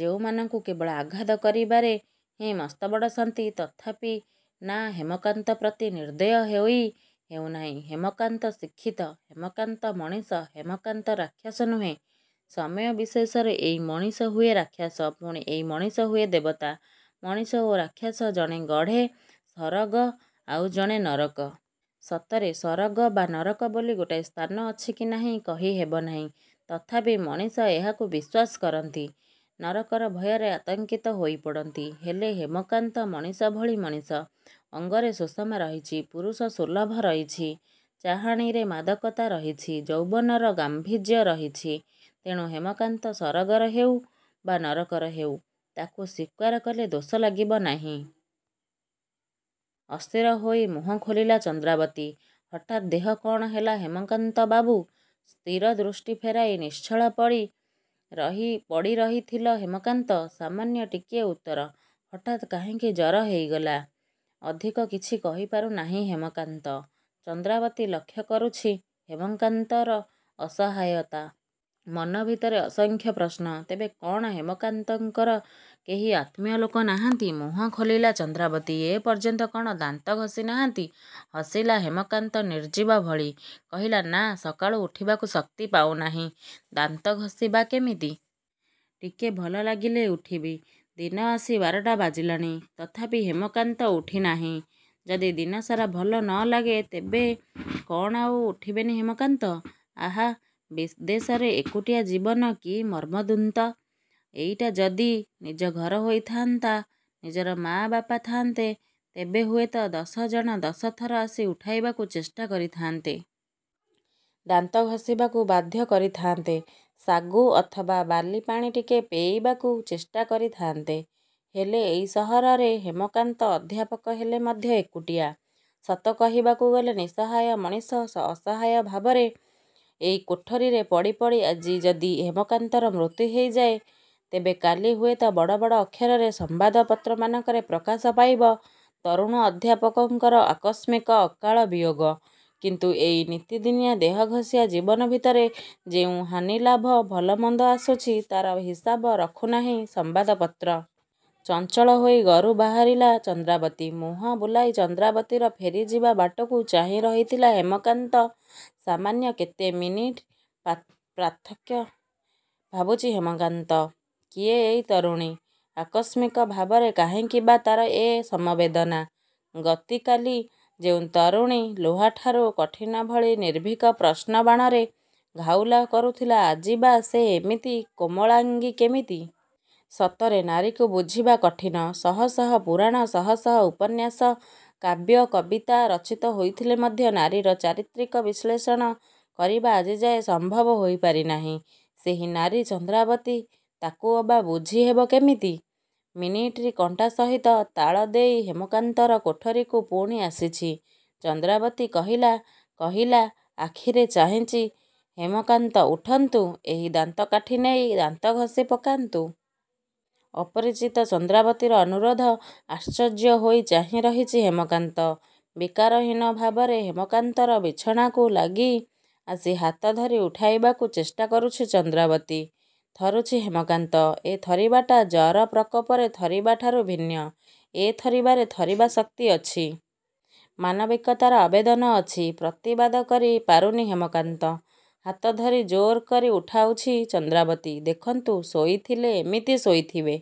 ଯେଉଁମାନଙ୍କୁ କେବଳ ଆଘାତ କରିବାରେ ହିଁ ମସ୍ତବଡ଼ ଶାନ୍ତି, ତଥାପି ନାଁ ହେମକାନ୍ତ ପ୍ରତି ନିର୍ଦୟ ହୋଇ ହେଉନାହିଁ। ହେମକାନ୍ତ ଶିକ୍ଷିତ, ହେମକାନ୍ତ ମଣିଷ, ହେମକାନ୍ତ ରାକ୍ଷାସ ନୁହେଁ। ସମୟ ବିଶେଷରେଏଇ ମଣିଷ ହୁଏ ରାକ୍ଷାସ, ପୁଣି ଏଇ ମଣିଷ ହୁଏ ଦେବତା। ମଣିଷ ଓ ରାକ୍ଷସ ଜଣେ ଗଢ଼େ ସରଗ ଆଉ ଜଣେ ନରକ। ସତରେ ସରଗ ବା ନରକ ବୋଲି ଗୋଟାଏ ସ୍ଥାନ ଅଛି କି ନାହିଁ କହି ହେବନାହିଁ। ତଥାପି ମଣିଷ ଏହାକୁ ବିଶ୍ୱାସ କରନ୍ତି। ନରକର ଭୟରେ ଆତଙ୍କିତ ହୋଇ ପଡ଼ନ୍ତି। ହେଲେ ହେମକାନ୍ତ ମଣିଷ ଭଳି ମଣିଷ, ଅଙ୍ଗରେ ସୁଷମା ରହିଛି, ପୁରୁଷ ସୁଲଭ ରହିଛି, ଚାହାଣୀରେ ମାଦକତା ରହିଛି, ଯୌବନର ଗାମ୍ଭୀର୍ଯ୍ୟ ରିହିଛି, ତେଣୁ ହେମକାନ୍ତ ସରଗର ହେଉ ବା ନରକର ହେଉ ତାକୁ ସ୍ୱୀକାର କଲେ ଦୋଷ ଲାଗିବ ନାହିଁ। ଅସ୍ଥିର ହୋଇ ମୁହଁ ଖୋଲିଲା ଚନ୍ଦ୍ରାବତୀ, ''ହଠାତ୍ ଦେହ କ'ଣ ହେଲା ହେମକାନ୍ତ ବାବୁ? '' ସ୍ଥିର ଦୃଷ୍ଟି ଫେରାଇ ନିଶ୍ଚଳ ପରି ପଡ଼ି ରହିଥିଲ ହେମକାନ୍ତ| ସାମାନ୍ୟ ଟିକିଏ ଉତ୍ତର''ହଠାତ୍ କାହିଁକି ଜର ହୋଇଗଲା |'' ଅଧିକ କିଛି କହିପାରୁ ନାହିଁ ହେମକାନ୍ତ। ଚନ୍ଦ୍ରାବତୀ ଲକ୍ଷ୍ୟ କରୁଛି ହେମକାନ୍ତର ଅସହାୟତା। ମନଭିତରେ ଅସଂଖ୍ୟ ପ୍ରଶ୍ନ, ତେବେ କ'ଣ ହେମାକନ୍ତଙ୍କର କେହି ଆତ୍ମୀୟ ଲୋକ ନାହାନ୍ତି? ମୁହଁ ଖୋଲିଲା ଚନ୍ଦ୍ରାବତୀ ''ଏ ପର୍ଯ୍ୟନ୍ତ କ'ଣ ଦାନ୍ତ ଘଷି ନାହାଁନ୍ତି? '' ହସିଲା ହେମକାନ୍ତ ନିର୍ଜୀବ ଭଳି। କହିଲା 'ନାଁ ସକାଳୁ ଉଠିବାକୁ ଶକ୍ତି ପାଉନାହିଁ। ଦାନ୍ତ ଘଷିବା କେମିତି? ଟିକେ ଭଲ ଲାଗିଲେ ଉଠିବି। '' ଦିନ ଆସି ବାରଟା ବାଜିଲାଣି, ତଥାପି ହେମକାନ୍ତ ଉଠିନାହିଁ। ଯଦି ଦିନସାରା ଭଲ ନ ଲାଗେ, ତେବେ କ'ଣ ଆଉ ଉଠିବେନି ହେମକାନ୍ତ? ଆହା! ବିଦେଶରେ ଏକୁଟିଆ ଜୀବନ କି ମର୍ମନ୍ତୁଦ। ଏଇଟା ଯଦି ନିଜ ଘର ହୋଇ ଥାଆନ୍ତା, ନିଜର ମାଆ ବାପା ଥାଆନ୍ତେ, ତେବେ ହୁଏତ ଦଶ ଜଣ ଦଶ ଥର ଆସି ଉଠାଇବାକୁ ଚେଷ୍ଟା କରି ଥାଆନ୍ତେ। ଦାନ୍ତ ଘଷିବାକୁ ବାଧ୍ୟ କରି ଥାଆନ୍ତେ, ସାଗୁ ଅଥବା ବାଲି ପାଣି ଟିକେ ପେଇବାକୁ ଚେଷ୍ଟା କରି ଥାଆନ୍ତେ, ହେଲେ ଏଇ ସହରରେ ହେମକାନ୍ତ ଅଧ୍ୟାପକ ହେଲେ ମଧ୍ୟ ଏକୁଟିଆ। ସତ କହିବାକୁ ଗଲେ ନିଃସହାୟ ମଣିଷ। ଅସହାୟ ଭାବରେ ଏଇ କୋଠରୀରେ ପଡ଼ି ପଡ଼ି ଆଜି ଯଦି ହେମକାନ୍ତର ମୃତ୍ୟୁ ହୋଇଯାଏ, ତେବେ କାଲି ହୁଏତ ବଡ଼ ବଡ଼ ଅକ୍ଷରରେ ସମ୍ବାଦପତ୍ରମାନଙ୍କରେ ପ୍ରକାଶ ପାଇବ ''ତରୁଣ ଅଧ୍ୟାପକଙ୍କର ଆକସ୍ମିକ ଅକାଳ ବିୟୋଗ '' କିନ୍ତୁ ଏଇ ନିତିଦିନିଆ ଦେହ ଘଷିଆ ଜୀବନ ଭିତରେ ଯେଉଁ ହାନି ଲାଭ, ଭଲ ମନ୍ଦ ଆସୁଛି ତା'ର ହିସାବ ରଖୁନାହିଁ ସମ୍ବାଦପତ୍ର। ଚଞ୍ଚଳ ହୋଇ ଘରୁ ବାହାରିଗଲା ଚନ୍ଦ୍ରାବତୀ। ମୁହଁ ବୁଲାଇ ଚନ୍ଦ୍ରାବତୀର ଫେରିଯିବା ବାଟକୁ ଚାହିଁ ରହିଥିଲା ହେମକାନ୍ତ ସାମାନ୍ୟ କେତେ ମିନିଟ୍ର ପାର୍ଥକ୍ୟ ଭାବୁଛି ହେମକାନ୍ତ। କିଏ ଏଇ ତରୁଣୀ? ଆକସ୍ମିକ ଭାବରେ କାହିଁକି ବା ତା'ର ଏ ସମବେଦନା? ଗତି କାଲି ଯେଉଁ ତରୁଣୀ ଲୁହାଠାରୁ କଠିନ ଭଳି ନିର୍ଭିକ ପ୍ରଶ୍ନବାଣରେ ଘାଉଲା କରୁଥିଲା, ଆଜି ବା ସେ ଏମିତି କୋମଳାଙ୍ଗୀ କେମିତି? ସତରେ, ନାରୀକୁ ବୁଝିବା କଠିନ୍। ଶହ ଶହ ପୁରାଣ, ଶହ ଶହ ଉପନ୍ୟାସ,. କାବ୍ୟ, କବିତା, ରଚିତ ହୋଇଥିଲେ ମଧ୍ୟ ନାରୀର ଚାରିତ୍ରିକ ବିଶ୍ଳେଷଣ କରିବା ଆଜିଯାଏ ସମ୍ଭବ ହୋଇ ପାରିନାହିଁ। ସେହି ନାରୀ ଚନ୍ଦ୍ରାବତୀ ତାକୁ ଅବା ବୁଝି ହେବ କେମିତି? ମିନିଟ୍ର କଣ୍ଟା ସହିତ ତାଳ ଦେଇ ହେମକାନ୍ତର କୋଠରୀକୁ ପୁଣି ଆସିଛି ,ଚନ୍ଦ୍ରାବତୀ କହିଲା କହିଲା ଆଖିରେ ଚାହିଁଛି ହେମକାନ୍ତ''ଉଠନ୍ତୁ, ଏଇ ଦାନ୍ତକାଠି ନେଇ ଦାନ୍ତ ଘଷି ପକାନ୍ତୁ। '' ଅପରିଚିତ ଚନ୍ଦ୍ରାବତୀର ଅନୁରୋଧ। ଆଶ୍ଚର୍ଯ୍ୟ ହୋଇ ଚାହିଁରହିଛି ହେମକାନ୍ତ। ବିକାରହୀନ ଭାବରେ ହେମକାନ୍ତର ବିଛଣାକୁ ଲାଗି ଆସି ହାତ ଧରି ଉଠାଇବାକୁ ଚେଷ୍ଟା କରୁଛି ଚନ୍ଦ୍ରାବତୀ। ଥରୁଛି ହେମକାନ୍ତ। ଏ ଥରିବାଟା ଜର ପ୍ରକୋପରେ ଥରିବା ଠାରୁ ଭିନ୍ନ। ଏ ଥରିବାରେ ଥରିବା ଶକ୍ତି ଅଛି। ମାନବିକତାର ଆବେଦନ ଅଛି। ପ୍ରତିବାଦ କରି ପାରୁନି ହେମକାନ୍ତ। ହାତ ଧରି ଜୋରକରି ଉଠାଉଛି ଚନ୍ଦ୍ରାବତୀ। ''ଦେଖନ୍ତୁ, ଶୋଇଥିଲେ ଏମିତି ଶୋଇଥିବେ।